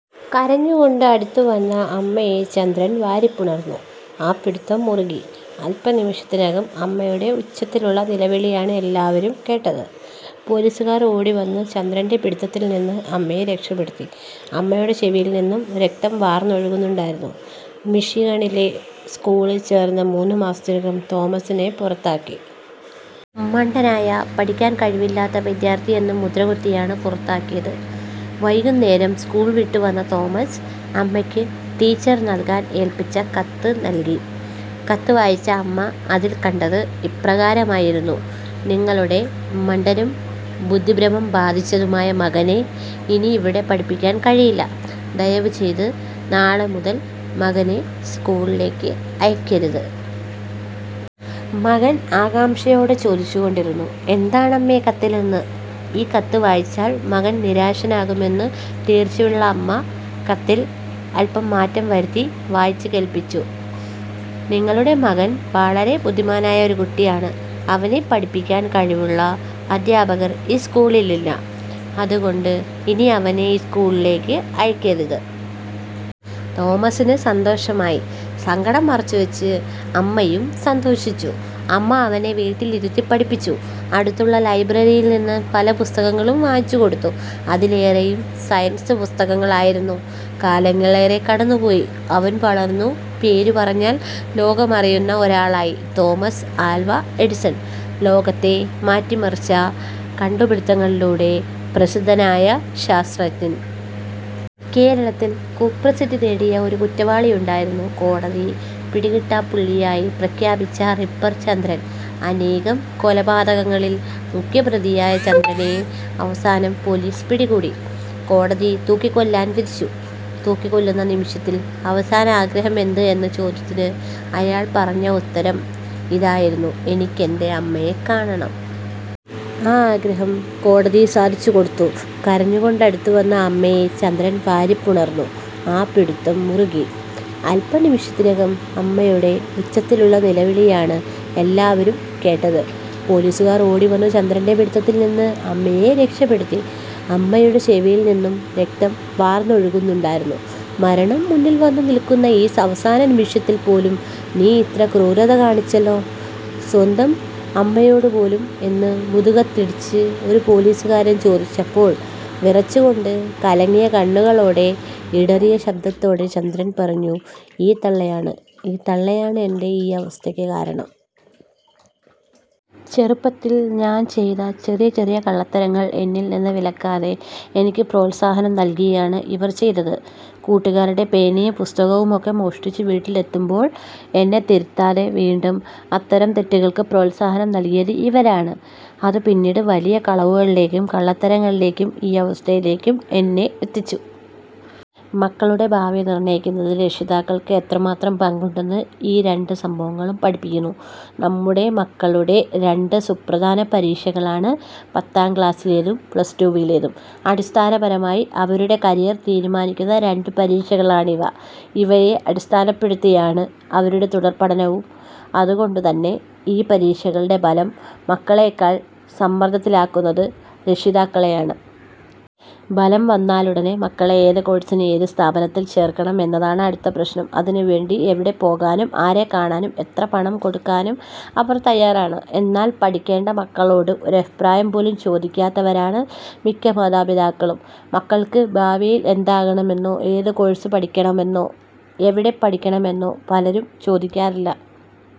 കരഞ്ഞുകൊണ്ട് അടുത്തുവന്ന അമ്മയെ ചന്ദ്രൻ വാരിപ്പുണർന്നു. ആ പിടുത്തം മുറുകി. അല്പനിമിഷത്തിനകം അമ്മയുടെ ഉച്ചത്തിലുള്ള നിലവിളിയാണ് എല്ലാവരും കേട്ടത്. പോലീസുകാർ ഓടിവന്ന് ചന്ദ്രൻ്റെ പിടുത്തത്തിൽ നിന്ന് അമ്മയെ രക്ഷപ്പെടുത്തി. അമ്മയുടെ ചെവിയിൽ നിന്നും രക്തം വാർന്നൊഴുകുന്നുണ്ടായിരുന്നു. മിഷിഗണിലെ സ്കൂളിൽ ചേർന്ന് മൂന്ന് മാസത്തിനകം തോമസിനെ പുറത്താക്കി. മണ്ടനായ, പഠിക്കാൻ കഴിവില്ലാത്ത വിദ്യാർത്ഥിയെന്ന് മുദ്രകുത്തിയാണ് പുറത്താക്കിയത്. വൈകുന്നേരം സ്കൂൾ വിട്ടു വന്ന തോമസ്, അമ്മയ്ക്ക് ടീച്ചർ നൽകാൻ ഏൽപ്പിച്ച കത്ത് നൽകി. കത്ത് വായിച്ച അമ്മ അതിൽ കണ്ടത് ഇപ്രകാരമായിരുന്നു: നിങ്ങളുടെ മണ്ടനും ബുദ്ധിഭ്രമം ബാധിച്ചതുമായ മകനെ ഇനി ഇവിടെ പഠിപ്പിക്കാൻ കഴിയില്ല. ദയവു ചെയ്ത് നാളെ മുതൽ മകനെ സ്കൂളിലേക്ക് അയക്കരുത്. മകൻ ആകാംക്ഷയോടെ ചോദിച്ചുകൊണ്ടിരുന്നു, എന്താണമ്മേ കത്തിലെന്ന്. ഈ കത്ത് വായിച്ചാൽ മകൻ നിരാശനാകുമെന്ന് തീർച്ചയുള്ള അമ്മ കത്തിൽ അൽപ്പം മാറ്റം വരുത്തി വായിച്ചു കേൾപ്പിച്ചു: നിങ്ങളുടെ മകൻ വളരെ ബുദ്ധിമാനായ ഒരു കുട്ടിയാണ്. അവനെ പഠിപ്പിക്കാൻ കഴിവുള്ള അധ്യാപകർ ഈ സ്കൂളിലില്ല. അതുകൊണ്ട് ഇനി അവനെ ഈ സ്കൂളിലേക്ക് അയക്കരുത്. തോമസിന് സന്തോഷമായി. സങ്കടം മറച്ചുവെച്ച് അമ്മയും സന്തോഷിച്ചു. അമ്മ അവനെ വീട്ടിലിരുത്തി പഠിപ്പിച്ചു. അടുത്തുള്ള ലൈബ്രറിയിൽ നിന്ന് പല പുസ്തകങ്ങളും വാങ്ങിച്ചുകൊടുത്തു. അതിലേറെയും സയൻസ് പുസ്തകങ്ങളായിരുന്നു. കാലങ്ങളേറെ കടന്നുപോയി, അവൻ വളർന്നു. പേരു പറഞ്ഞാൽ ലോകമറിയുന്ന ഒരാളായി. Thomas Alva Edison. ലോകത്തെ മാറ്റിമറിച്ച കണ്ടുപിടുത്തങ്ങളിലൂടെ പ്രസിദ്ധനായ ശാസ്ത്രജ്ഞൻ. കേരളത്തിൽ കുപ്രസിദ്ധി നേടിയ ഒരു കുറ്റവാളിയുണ്ടായിരുന്നു. കോടതി പിടികിട്ടാപ്പുള്ളിയായി പ്രഖ്യാപിച്ച റിപ്പർ ചന്ദ്രൻ. അനേകം കൊലപാതകങ്ങളിൽ മുഖ്യപ്രതിയായ ചന്ദ്രനെ അവസാനം പോലീസ് പിടികൂടി. കോടതി തൂക്കിക്കൊല്ലാൻ വിധിച്ചു. തൂക്കിക്കൊല്ലുന്ന നിമിഷത്തിൽ അവസാന ആഗ്രഹമെന്ത് എന്ന ചോദ്യത്തിന് അയാൾ പറഞ്ഞ ഉത്തരം ഇതായിരുന്നു: എനിക്കെൻ്റെ അമ്മയെ കാണണം. ആ ആഗ്രഹം കോടതി സാധിച്ചുകൊടുത്തു. കരഞ്ഞുകൊണ്ട് അടുത്തുവന്ന അമ്മയെ ചന്ദ്രൻ വാരിപ്പുണർന്നു. ആ പിടുത്തം മുറുകി. അല്പനിമിഷത്തിനകം അമ്മയുടെ ഉച്ചത്തിലുള്ള നിലവിളിയാണ് എല്ലാവരും കേട്ടത്. പോലീസുകാർ ഓടിവന്ന് ചന്ദ്രൻ്റെ പിടുത്തത്തിൽ നിന്ന് അമ്മയെ രക്ഷപ്പെടുത്തി. അമ്മയുടെ ചെവിയിൽ നിന്നും രക്തം വാർന്നൊഴുകുന്നുണ്ടായിരുന്നു. മരണം മുന്നിൽ വന്നു നിൽക്കുന്ന ഈ അവസാന നിമിഷത്തിൽ പോലും നീ ഇത്ര ക്രൂരത കാണിച്ചല്ലോ, സ്വന്തം അമ്മയോട് പോലും എന്ന് മുതുകത്തിടിച്ച് ഒരു പോലീസുകാരൻ ചോദിച്ചപ്പോൾ, വിറച്ചുകൊണ്ട് കലങ്ങിയ കണ്ണുകളോടെ, ഇടറിയ ശബ്ദത്തോടെ ചന്ദ്രൻ പറഞ്ഞു: ഈ തള്ളയാണ്, ഈ തള്ളയാണ് എൻ്റെ ഈ അവസ്ഥയ്ക്ക് കാരണം. ചെറുപ്പത്തിൽ ഞാൻ ചെയ്ത ചെറിയ ചെറിയ കള്ളത്തരങ്ങൾ എന്നിൽ നിന്ന് വിലക്കാതെ എനിക്ക് പ്രോത്സാഹനം നൽകുകയാണ് ഇവർ ചെയ്തത്. കൂട്ടുകാരുടെ പേനയും പുസ്തകവുമൊക്കെ മോഷ്ടിച്ച് വീട്ടിലെത്തുമ്പോൾ എന്നെ തിരുത്താതെ വീണ്ടും അത്തരം തെറ്റുകൾക്ക് പ്രോത്സാഹനം നൽകിയത് ഇവരാണ്. അത് പിന്നീട് വലിയ കളവുകളിലേക്കും കള്ളത്തരങ്ങളിലേക്കും ഈ അവസ്ഥയിലേക്കും എന്നെ എത്തിച്ചു. മക്കളുടെ ഭാവി നിർണ്ണയിക്കുന്നതിൽ രക്ഷിതാക്കൾക്ക് എത്രമാത്രം പങ്കുണ്ടെന്ന് ഈ രണ്ട് സംഭവങ്ങളും പഠിപ്പിക്കുന്നു. നമ്മുടെ മക്കളുടെ രണ്ട് സുപ്രധാന പരീക്ഷകളാണ് പത്താം ക്ലാസ്സിലേതും പ്ലസ് ടുവിലേതും. അടിസ്ഥാനപരമായി അവരുടെ കരിയർ തീരുമാനിക്കുന്ന രണ്ട് പരീക്ഷകളാണിവ. ഇവയെ അടിസ്ഥാനപ്പെടുത്തിയാണ് അവരുടെ തുടർപഠനവും. അതുകൊണ്ടുതന്നെ ഈ പരീക്ഷകളുടെ ഫലം മക്കളെക്കാൾ സമ്മർദ്ദത്തിലാക്കുന്നത് രക്ഷിതാക്കളെയാണ്. ഫലം വന്നാലുടനെ മക്കളെ ഏത് കോഴ്സിന്, ഏത് സ്ഥാപനത്തിൽ ചേർക്കണം എന്നതാണ് അടുത്ത പ്രശ്നം. അതിനുവേണ്ടി എവിടെ പോകാനും, ആരെ കാണാനും, എത്ര പണം കൊടുക്കാനും അവർ തയ്യാറാണ്. എന്നാൽ പഠിക്കേണ്ട മക്കളോട് ഒരഭിപ്രായം പോലും ചോദിക്കാത്തവരാണ് മിക്ക മാതാപിതാക്കളും. മക്കൾക്ക് ഭാവിയിൽ എന്താകണമെന്നോ, ഏത് കോഴ്സ് പഠിക്കണമെന്നോ, എവിടെ പഠിക്കണമെന്നോ പലരും ചോദിക്കാറില്ല.